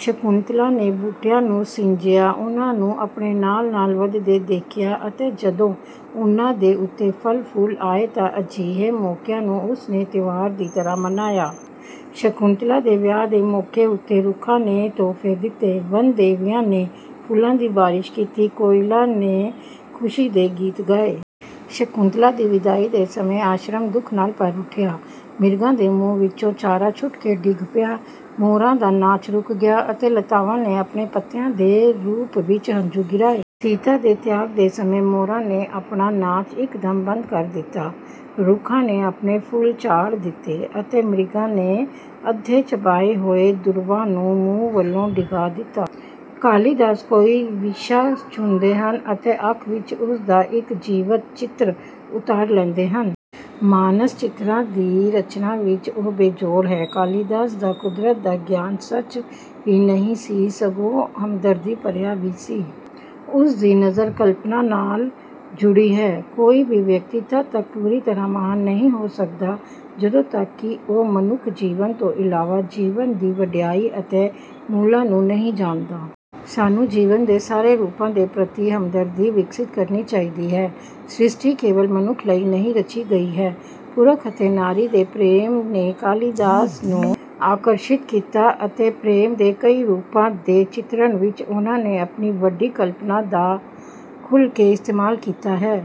ਸ਼ਕੁੰਤਲਾ ਨੇ ਬੂਟਿਆਂ ਨੂੰ ਸਿੰਜਿਆ ਉਨ੍ਹਾਂ ਨੂੰ ਆਪਣੇ ਨਾਲ ਨਾਲ ਵਧਦੇ ਵੇਖਿਆ ਅਤੇ ਜਦੋਂ ਉਨ੍ਹਾਂ ਦੇ ਉੱਤੇ ਫਲ ਫੁਲ ਆਏ ਤਾਂ ਅਜਿਹੇ ਮੌਕਿਆਂ ਨੂੰ ਉਸਨੇ ਤਿਉਹਾਰਾਂ ਦੀ ਤਰ੍ਹਾਂ ਮਨਾਇਆ। ਸ਼ਕੁੰਤਲਾ ਦੇ ਵਿਆਹ ਦੇ ਮੌਕੇ ਉੱਤੇ ਰੁੱਖਾਂ ਨੇ ਤੋਹਫੇ ਦਿੱਤੇ ਵਨਦੇਵੀਆਂ ਨੇ ਫੁੱਲਾਂ ਦੀ ਬਾਰਿਸ਼ ਕੀਤੀ ਕੋਇਲਾਂ ਨੇ ਖੁਸ਼ੀ ਦੇ ਗੀਤ ਗਾਏ। ਸ਼ਕੁੰਤਲਾ ਦੀ ਵਿਦਾਈ ਦੇ ਸਮੇਂ ਆਸ਼ਰਮ ਦੁੱਖ ਨਾਲ ਭਰ ਉੱਠਿਆ। ਮਿਰਗਾਂ ਦੇ ਮੂੰਹ ਵਿੱਚੋਂ ਚਾਰਾ ਛੁੱਟ ਕੇ ਡਿੱਗ ਪਿਆ ਮੋਰਾਂ ਦਾ ਨਾਚ ਰੁਕ ਗਿਆ ਅਤੇ ਲਤਾਵਾਂ ਨੇ ਆਪਣੇ ਪੱਤਿਆਂ ਦੇ ਰੂਪ ਵਿੱਚ ਹੰਝੂ ਗਿਰਾਏ। ਸੀਤਾ ਦੇ ਤਿਆਗ ਦੇ ਸਮੇਂ ਮੋਰਾਂ ਨੇ ਆਪਣਾ ਨਾਚ ਇੱਕਦਮ ਬੰਦ ਕਰ ਦਿੱਤਾ ਰੁੱਖਾਂ ਨੇ ਆਪਣੇ ਫੁੱਲ ਝਾੜ ਦਿੱਤੇ ਅਤੇ ਮ੍ਰਿਗੀਆਂ ਨੇ ਅੱਧੇ ਚਬਾਏ ਹੋਏ ਦੂਰਵਾ ਨੂੰ ਮੂੰਹ ਵਲੋਂ ਡਿੱਗਾ ਦਿੱਤਾ। ਕਾਲੀਦਾਸ ਕੋਈ ਵਿਸ਼ਾ ਚੁਣਦੇ ਹਨ ਅਤੇ ਅੱਖ ਵਿੱਚ ਉਸਦਾ ਇੱਕ ਜੀਵਤ ਚਿੱਤਰ ਉਤਾਰ ਲੈਂਦੇ ਹਨ। ਮਾਨਸ ਚਿਤਰਾਂ ਦੀ ਰਚਨਾ ਵਿੱਚ ਉਹ ਬੇਜੋੜ ਹੈ। ਕਾਲੀਦਾਸ ਦਾ ਕੁਦਰਤ ਦਾ ਗਿਆਨ ਸੱਚ ਹੀ ਨਹੀਂ ਸੀ ਸਗੋਂ ਹਮਦਰਦੀ ਭਰਿਆ ਵੀ ਸੀ। ਉਸ ਦੀ ਨਜ਼ਰ ਕਲਪਨਾ ਨਾਲ ਜੁੜੀ ਹੈ। ਕੋਈ ਵੀ ਵਿਅਕਤੀ ਤੱਦ ਤੱਕ ਪੂਰੀ ਤਰ੍ਹਾਂ ਮਹਾਨ ਨਹੀਂ ਹੋ ਸਕਦਾ ਜਦੋਂ ਤੱਕ ਕਿ ਉਹ ਮਨੁੱਖ ਜੀਵਨ ਤੋਂ ਇਲਾਵਾ ਜੀਵਨ ਦੀ ਵਡਿਆਈ ਅਤੇ ਮੁੱਲਾਂ ਨੂੰ ਨਹੀਂ ਜਾਣਦਾ। ਸਾਨੂੰ ਜੀਵਨ ਦੇ ਸਾਰੇ ਰੂਪਾਂ ਦੇ ਪ੍ਰਤੀ ਹਮਦਰਦੀ ਵਿਕਸਿਤ ਕਰਨੀ ਚਾਹੀਦੀ ਹੈ। ਸ੍ਰਸ਼ਟਿ ਕੇਵਲ ਮਨੁੱਖ ਲਈ ਨਹੀਂ ਰਚੀ ਗਈ ਹੈ। ਪੁਰਖ ਅਤੇ ਨਾਰੀ ਦੇ ਪ੍ਰੇਮ ਨੇ ਕਾਲੀਦਾਸ ਨੂੰ ਆਕਰਸ਼ਿਤ ਕੀਤਾ ਅਤੇ ਪ੍ਰੇਮ ਦੇ ਕਈ ਰੂਪਾਂ ਦੇ ਚਿਤਰਣ ਵਿੱਚ ਉਨ੍ਹਾਂ ਨੇ ਆਪਣੀ ਵੱਡੀ ਕਲਪਨਾ ਦਾ ਖੁੱਲਕੇ ਇਸਤੇਮਾਲ ਕੀਤਾ ਹੈ।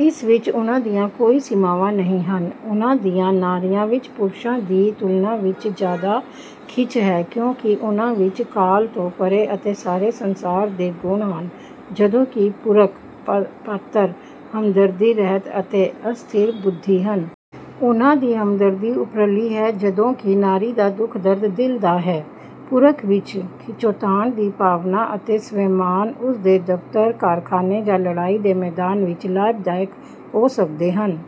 ਇਸ ਵਿੱਚ ਉਨ੍ਹਾਂ ਦੀਆਂ ਕੋਈ ਸੀਮਾਵਾਂ ਨਹੀਂ ਹਨ। ਉਨ੍ਹਾਂ ਦੀਆਂ ਨਾਰੀਆਂ ਵਿੱਚ ਪੁਰਸ਼ਾਂ ਦੀ ਤੁਲਨਾ ਵਿੱਚ ਜਿਆਦਾ ਖਿੱਚ ਹੈ ਕਿਉਂਕਿ ਉਨ੍ਹਾਂ ਵਿੱਚ ਕਾਲ ਤੋਂ ਪਰੇ ਅਤੇ ਸਾਰੇ ਸੰਸਾਰ ਦੇ ਗੁਣ ਹਨ ਜਦੋਂ ਕਿ ਪੁਰਖ ਪਾਤਰ ਹਮਦਰਦੀ ਰਹਿਤ ਅਤੇ ਅਸਥਿਰ ਬੁੱਧੀ ਹਨ। ਉਨ੍ਹਾਂ ਦੀ ਹਮਦਰਦੀ ਉੱਪਰਲੀ ਹੈ ਜਦੋਂ ਕਿ ਨਾਰੀ ਦਾ ਦੁੱਖ ਦਰਦ ਦਿਲ ਦਾ ਹੈ। ਪੁਰਖ ਵਿੱਚ ਖਿੱਚੋਤਾਣ ਦੀ ਭਾਵਨਾ ਅਤੇ ਸਵੈਮਾਨ ਉਸਦੇ ਦਫ਼ਤਰ ਕਾਰਖਾਨੇ ਜਾਂ ਲੜਾਈ ਦੇ ਮੈਦਾਨ ਵਿੱਚ ਲਾਭਦਾਇਕ ਹੋ ਸਕਦੇ ਹਨ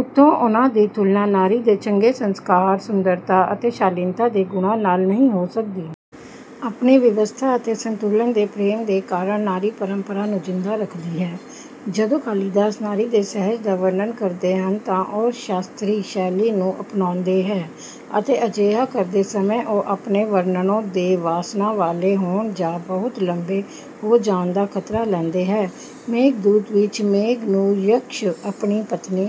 ਉੱਤੇ ਉਨ੍ਹਾਂ ਦੀ ਤੁਲਨਾ ਨਾਰੀ ਦੇ ਚੰਗੇ ਸੰਸਕਾਰ ਸੁੰਦਰਤਾ ਅਤੇ ਸ਼ਾਲੀਨਤਾ ਦੇ ਗੁਣਾਂ ਨਾਲ ਨਹੀਂ ਹੋ ਸਕਦੀ। ਆਪਣੇ ਵਿਵਸਥਾ ਅਤੇ ਸੰਤੁਲਨ ਦੇ ਪ੍ਰੇਮ ਦੇ ਕਾਰਨ ਨਾਰੀ ਪਰੰਪਰਾ ਨੂੰ ਜਿੰਦਾ ਰੱਖਦੀ ਹੈ। ਜਦੋਂ ਕਾਲੀਦਾਸ ਨਾਰੀ ਦੇ ਸੁਹਜ ਦਾ ਵਰਣਨ ਕਰਦੇ ਹਨ ਤਾਂ ਉਹ ਸ਼ਾਸਤਰੀ ਸ਼ੈਲੀ ਨੂੰ ਅਪਣਾਉਂਦੇ ਹੈ ਅਤੇ ਅਜਿਹਾ ਕਰਦੇ ਸਮਾਂ ਉਹ ਆਪਣੇ ਵਰਣਨੋਂ ਦੇ ਵਾਸਨਾ ਵਾਲੇ ਹੋਣ ਜਾਂ ਬਹੁਤ ਲੰਬੇ ਹੋ ਜਾਣ ਦਾ ਖ਼ਤਰਾ ਲੈਂਦੇ ਹੈ। ਮੇਘਦੂਤ ਵਿੱਚ ਮੇਘ ਨੂੰ ਯਕਸ਼ ਆਪਣੀ ਪਤਨੀ